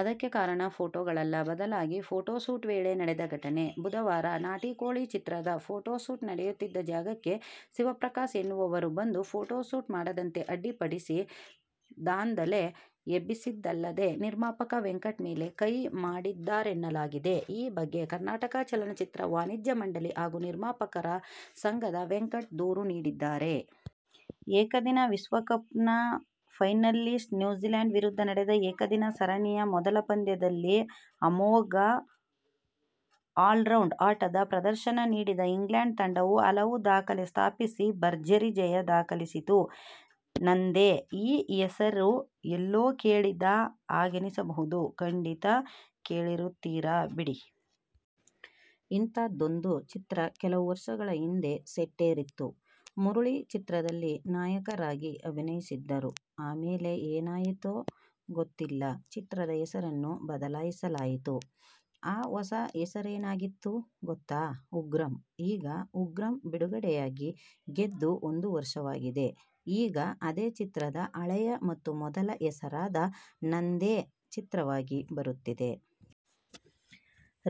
ಅದಕ್ಕೆ ಕಾರಣ, ಫೋಟೋಗಳಲ್ಲ. ಬದಲಾಗಿ, ಫೋಟೋಶೂಟ್ ವೇಳೆ ನಡೆದ ಘಟನೆ. ಬುಧವಾರ "ನಾಟಿಕೋಳಿ' ಚಿತ್ರದ ಫೋಟೋಶೂಟ್ ನಡೆಯುತ್ತಿದ್ದ ಜಾಗಕ್ಕೆ ಶಿವಪ್ರಕಾಶ್ ಎನ್ನುವವರು ಬಂದು ಫೋಟೋಶೂಟ್ ಮಾಡದಂತೆ ಅಡ್ಡಿಪಡಿಸಿ ದಾಂಧಲೆ ಎಬ್ಬಿಸಿದ್ದಲ್ಲದೇ, ನಿರ್ಮಾಪಕ ವೆಂಕಟ್ ಮೇಲೆ ಕೈ ಮಾಡಿದ್ದಾರೆನ್ನಲಾಗಿದೆ. ಈ ಬಗ್ಗೆ ಕರ್ನಾಟಕ ಚಲನಚಿತ್ರ ವಾಣಿಜ್ಯ ಮಂಡಳಿ ಹಾಗೂ ನಿರ್ಮಾಪಕರ ಸಂಘಕ್ಕೆ ವೆಂಕಟ್ ದೂರು ನೀಡಿದ್ದಾರೆ. ಏಕದಿನ ವಿಶ್ವ ಕಪ್ನ ಫೈನಲಿಸ್ಟ್ ನ್ಯೂಜಿಲ್ಯಾಂಡ್ ವಿರುದ್ಧ ನಡೆದ ಏಕದಿನ ಸರಣಿಯ ಮೊದಲ ಪಂದ್ಯದಲ್ಲಿ ಅಮೋಘ ಆಲ್ರೌಂಡ್ ಆಟದ ಪ್ರದರ್ಶನ ನೀಡಿದ ಇಂಗ್ಲೆಂಡ್ ತಂಡವು ಹಲವು ದಾಖಲೆ ಸ್ಥಾಪಿಸಿ ಭರ್ಜರಿ ಜಯ ದಾಖಲಿಸಿತು. ನಂದೇ! ಈ ಹೆಸರು ಎಲ್ಲೋ ಕೇಳಿದ ಹಾಗನಿಸಬಹುದು. ಖಂಡಿತಾ ಕೇಳಿರುತ್ತೀರಾ ಬಿಡಿ. ಇಂಥದ್ದೊಂದು ಚಿತ್ರ ಕೆಲವು ವರ್ಷಗಳ ಹಿಂದೆ ಸೆಟ್ಟೇರಿತ್ತು. ಮುರಳಿ ಚಿತ್ರದಲ್ಲಿ ನಾಯಕರಾಗಿ ಅಭಿನಯಿಸಿದ್ದರು. ಆಮೇಲೆ ಏನಾಯಿತೋ ಗೊತ್ತಿಲ್ಲ, ಚಿತ್ರದ ಹೆಸರನ್ನು ಬದಲಾಯಿಸಲಾಯಿತು. ಆ ಹೊಸ ಹೆಸರೇನಾಗಿತ್ತು ಗೊತ್ತಾ? "ಉಗ್ರಂ'. ಈಗ "ಉಗ್ರಂ' ಬಿಡುಗಡೆಯಾಗಿ, ಗೆದ್ದು ಒಂದು ವರ್ಷವಾಗಿದೆ. ಈಗ ಅದೇ ಚಿತ್ರದ ಹಳೆಯ ಮತ್ತು ಮೊದಲ ಹೆಸರಾದ "ನಂದೇ' ಚಿತ್ರವಾಗಿ ಬರುತ್ತಿದೆ.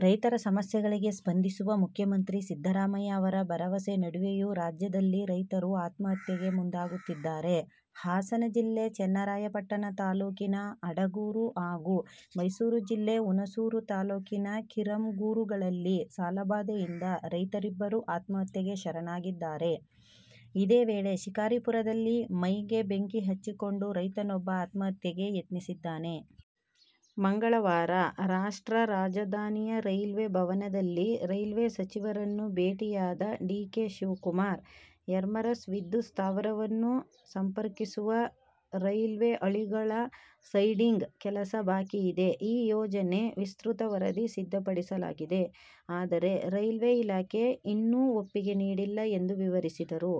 ರೈತರ ಸಮಸ್ಯೆಗಳಿಗೆ ಸ್ಪಂದಿಸುವ ಮುಖ್ಯಮಂತ್ರಿ ಸಿದ್ದರಾಮಯ್ಯ ಅವರ ಭರವಸೆ ನಡುವೆಯೂ ರಾಜ್ಯದಲ್ಲಿ ರೈತರು ಆತ್ಮಹತ್ಯೆಗೆ ಮುಂದಾಗುತ್ತಿದ್ದಾರೆ. ಹಾಸನ ಜಿಲ್ಲೆ ಚನ್ನರಾಯಪಟ್ಟಣ ತಾಲೂಕಿನ ಅಡಗೂರು ಹಾಗೂ ಮೈಸೂರು ಜಿಲ್ಲೆ ಹುಣಸೂರು ತಾಲೂಕಿನ ಕಿರಂಗೂರುಗಳಲ್ಲಿ ಸಾಲಬಾಧೆಯಿಂದ ರೈತರಿಬ್ಬರು ಆತ್ಮಹತ್ಯೆಗೆ ಶರಣಾಗಿದ್ದಾರೆ. ಇದೇ ವೇಳೆ, ಶಿಕಾರಿಪುರದಲ್ಲಿ ಮೈಗೆ ಬೆಂಕಿ ಹಚ್ಚಿಕೊಂಡು ರೈತನೊಬ್ಬ ಆತ್ಮಹತ್ಯೆಗೆ ಯತ್ನಿಸಿದ್ದಾನೆ. ಮಂಗಳವಾರ ರಾಷ್ಟ್ರ ರಾಜಧಾನಿಯ ರೈಲ್ವೆ ಭವನದಲ್ಲಿ ರೈಲ್ವೆ ಸಚಿವರನ್ನು ಭೇಟಿಯಾದ ಡಿ. ಕೆ. ಶಿವಕುಮಾರ್, ಎರ್ಮರಸ್ ವಿದ್ಯುತ್ ಸ್ಥಾವರವನ್ನು ಸಂಪರ್ಕಿಸುವ ರೈಲ್ವೆ ಹಳಿಗಳ ಸೈಡಿಂಗ್ ಕೆಲಸ ಬಾಕಿ ಇದೆ. ಈ ಯೋಜನೆ ವಿಸ್ತೃತ ವರದಿ ಸಿದ್ಧಪಡಿಸಲಾಗಿದೆ. ಆದರೆ, ರೈಲ್ವೆ ಇಲಾಖೆ ಇನ್ನೂ ಒಪ್ಪಿಗೆ ನೀಡಿಲ್ಲ ಎಂದು ವಿವರಿಸಿದರು.